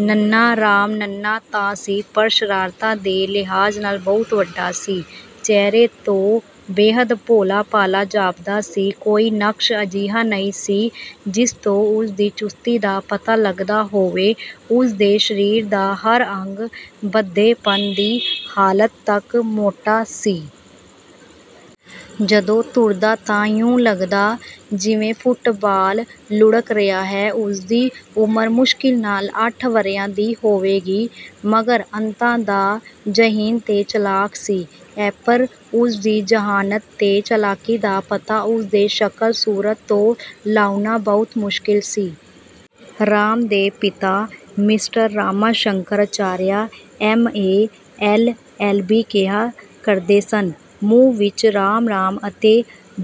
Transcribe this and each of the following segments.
ਨੰਨ੍ਹਾ ਰਾਮ ਨੰਨ੍ਹਾ ਤਾਂ ਸੀ ਪਰ ਸ਼ਰਾਰਤਾਂ ਦੇ ਲਿਹਾਜ਼ ਨਾਲ ਬਹੁਤ ਵੱਡਾ ਸੀ। ਚਿਹਰੇ ਤੋਂ ਬੇਹੱਦ ਭੋਲਾ-ਭਾਲਾ ਜਾਪਦਾ ਸੀ। ਕੋਈ ਨਕਸ਼ ਅਜਿਹਾ ਨਹੀਂ ਸੀ ਜਿਸ ਤੋਂ ਉਸਦੀ ਚੁਸਤੀ ਦਾ ਪਤਾ ਲਗਦਾ ਹੋਵੇ। ਉਸ ਦੇ ਸ਼ਰੀਰ ਦਾ ਹਰ ਅੰਗ ਭੱਦੇਪਣ ਦੀ ਹਾਲਤ ਤਕ ਮੋਟਾ ਸੀ। ਜਦੋਂ ਤੁਰਦਾ ਤਾਂ ਇਉਂ ਲਗਦਾ ਜਿਵੇਂ ਫੁੱਟਬਾਲ ਲੁੜ੍ਹਕ ਰਿਹਾ ਹੈ। ਉਸਦੀ ਉਮਰ ਮੁਸ਼ਕਿਲ ਨਾਲ ਅੱਠ ਵਰ੍ਹਿਆਂ ਦੀ ਹੋਵੇਗੀ, ਮਗਰ ਅੰਤਾਂ ਦਾ ਜ਼ਹੀਨ ਤੇ ਚਲਾਕ ਸੀ। ਐਪਰ ਉਸ ਦੀ ਜ਼ਹਾਨਤ ਤੇ ਚਲਾਕੀ ਦਾ ਪਤਾ ਉਸ ਦੇ ਸ਼ਕਲ-ਸੂਰਤ ਤੋਂ ਲਾਉੇਣਾ ਬਹੁਤ ਮੁਸ਼ਕਿਲ ਸੀ। ਰਾਮ ਦੇ ਪਿਤਾ mister Rama Shankar Acharya MA LLB ਕਿਹਾ ਕਰਦੇ ਸਨ, "ਮੂੰਹ ਵਿਚ ਰਾਮ-ਰਾਮ ਅਤੇ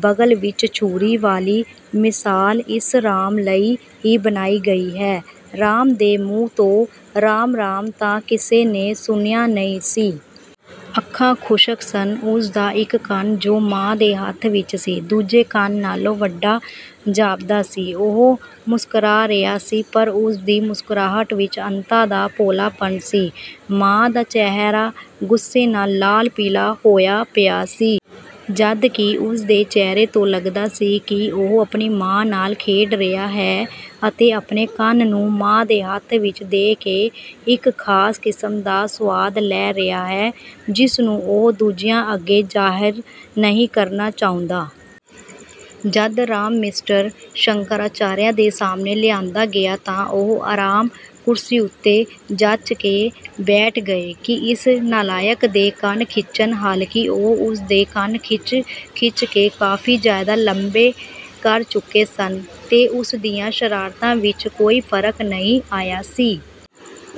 ਬਗ਼ਲ ਵਿਚ ਛੁਰੀ" ਵਾਲੀ ਮਿਸਾਲ ਇਸ ਰਾਮ ਲਈ ਹੀ ਬਣਾਈ ਗਈ ਹੈ। ਰਾਮ ਦੇ ਮੂੰਹ ਤੋਂ ਰਾਮ-ਰਾਮ ਤਾਂ ਕਿਸੇ ਨੇ ਸੁਣਿਆ ਨਹੀਂ ਸੀ। ਅੱਖਾਂ ਖੁਸ਼ਕ ਸਨ। ਉਸ ਦਾ ਇਕ ਕੰਨ ਜੋ ਮਾਂ ਦੇ ਹੱਥ ਵਿਚ ਸੀ, ਦੂਜੇ ਕੰਨ ਨਾਲੋਂ ਵੱਡਾ ਜਾਪਦਾ ਸੀ। ਉਹ ਮੁਸਕਰਾ ਰਿਹਾ ਸੀ ਪਰ ਉਸ ਦੀ ਮੁਸਕਰਾਹਟ ਵਿਚ ਅੰਤਾਂ ਦਾ ਭੋਲਾਪਣ ਸੀ। ਮਾਂ ਦਾ ਚਿਹਰਾ ਗੁੱਸੇ ਨਾਲ ਲਾਲ-ਪੀਲਾ ਹੋਇਆ ਪਿਆ ਸੀ। ਜਦਕਿ ਉਸ ਦੇ ਚਿਹਰੇ ਤੋਂ ਲਗਦਾ ਸੀ ਕਿ ਉਹ ਆਪਣੀ ਮਾਂ ਨਾਲ ਖੇਡ ਰਿਹਾ ਹੈ ਅਤੇ ਆਪਣੇ ਕੰਨ ਨੂੰ ਮਾਂ ਦੇ ਹੱਥ ਵਿਚ ਦੇ ਕੇ ਇਕ ਖਾਸ ਕਿਸਮ ਦਾ ਸੁਆਦ ਲੈ ਰਿਹਾ ਹੈ ਜਿਸ ਨੂੰ ਉਹ ਦੂਜਿਆਂ ਅੱਗੇ ਜ਼ਾਹਿਰ ਨਹੀਂ ਕਰਨਾ ਚਾਹੁੰਦਾ। ਜਦ ਰਾਮ ਮਿਸਟਰ ਸ਼ੰਕਰ ਆਚਾਰੀਆ ਦੇ ਸਾਹਮਣੇ ਲਿਆਂਦਾ ਗਿਆ ਤਾਂ ਉਹ ਆਰਾਮ ਕੁਰਸੀ ਉਤੇ ਜਚ ਕੇ ਬੈਠ ਗਏ ਕਿ ਇਸ ਨਾਲਾਇਕ ਦੇ ਕੰਨ ਖਿੱਚਣ। ਹਾਲਾਂਕਿ ਉਹ ਉਸ ਦੇ ਕੰਨ ਖਿੱਚ-ਖਿੱਚ ਕੇ ਕਾਫੀ ਜ਼ਿਆਦਾ ਲੰਬੇ ਕਰ ਚੁੱਕੇ ਸਨ ਤੇ ਉਸ ਦੀਆਂ ਸ਼ਰਾਰਤਾਂ ਵਿਚ ਕੋਈ ਫਰਕ ਨਹੀਂ ਆਇਆ ਸੀ।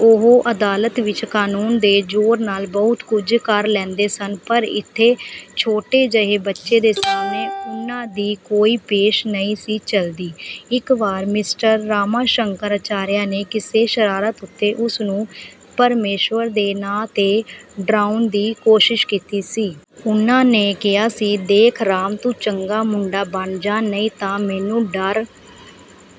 ਉਹ ਅਦਾਲਤ ਵਿਚ ਕਾਨੂੰਨ ਦੇ ਜ਼ੋਰ ਨਾਲ ਬਹੁਤ ਕੁਝ ਕਰ ਲੈਂਦੇ ਸਨ ਪਰ ਇਥੇ ਛੋਟੇ ਜਿਹੇ ਬੱਚੇ ਦੇ ਸਾਹਮਣੇ ਉਨ੍ਹਾਂ ਦੀ ਕੋਈ ਪੇਸ਼ ਨਹੀਂ ਸੀ ਚਲਦੀ। ਇਕ ਵਾਰ ਮਿਸਟਰ ਰਾਮਾ ਸ਼ੰਕਰ ਅਚਾਰੀਆ ਨੇ ਕਿਸੇ ਸ਼ਰਾਰਤ ਉਤੇ ਉਸ ਨੂੰ ਪਰਮੇਸ਼ਰ ਦੇ ਨਾਂ 'ਤੇ ਡਰਾਉਣ ਦੀ ਕੋਸ਼ਿਸ਼ ਕੀਤੀ ਸੀ। ਉਨ੍ਹਾਂ ਨੇ ਕਿਹਾ ਸੀ, "ਦੇਖ ਰਾਮ, ਤੂੰ ਚੰਗਾ ਮੁੰਡਾ ਬਣ ਜਾਹ, ਨਹੀਂ ਤਾਂ ਮੈਨੂੰ ਡਰ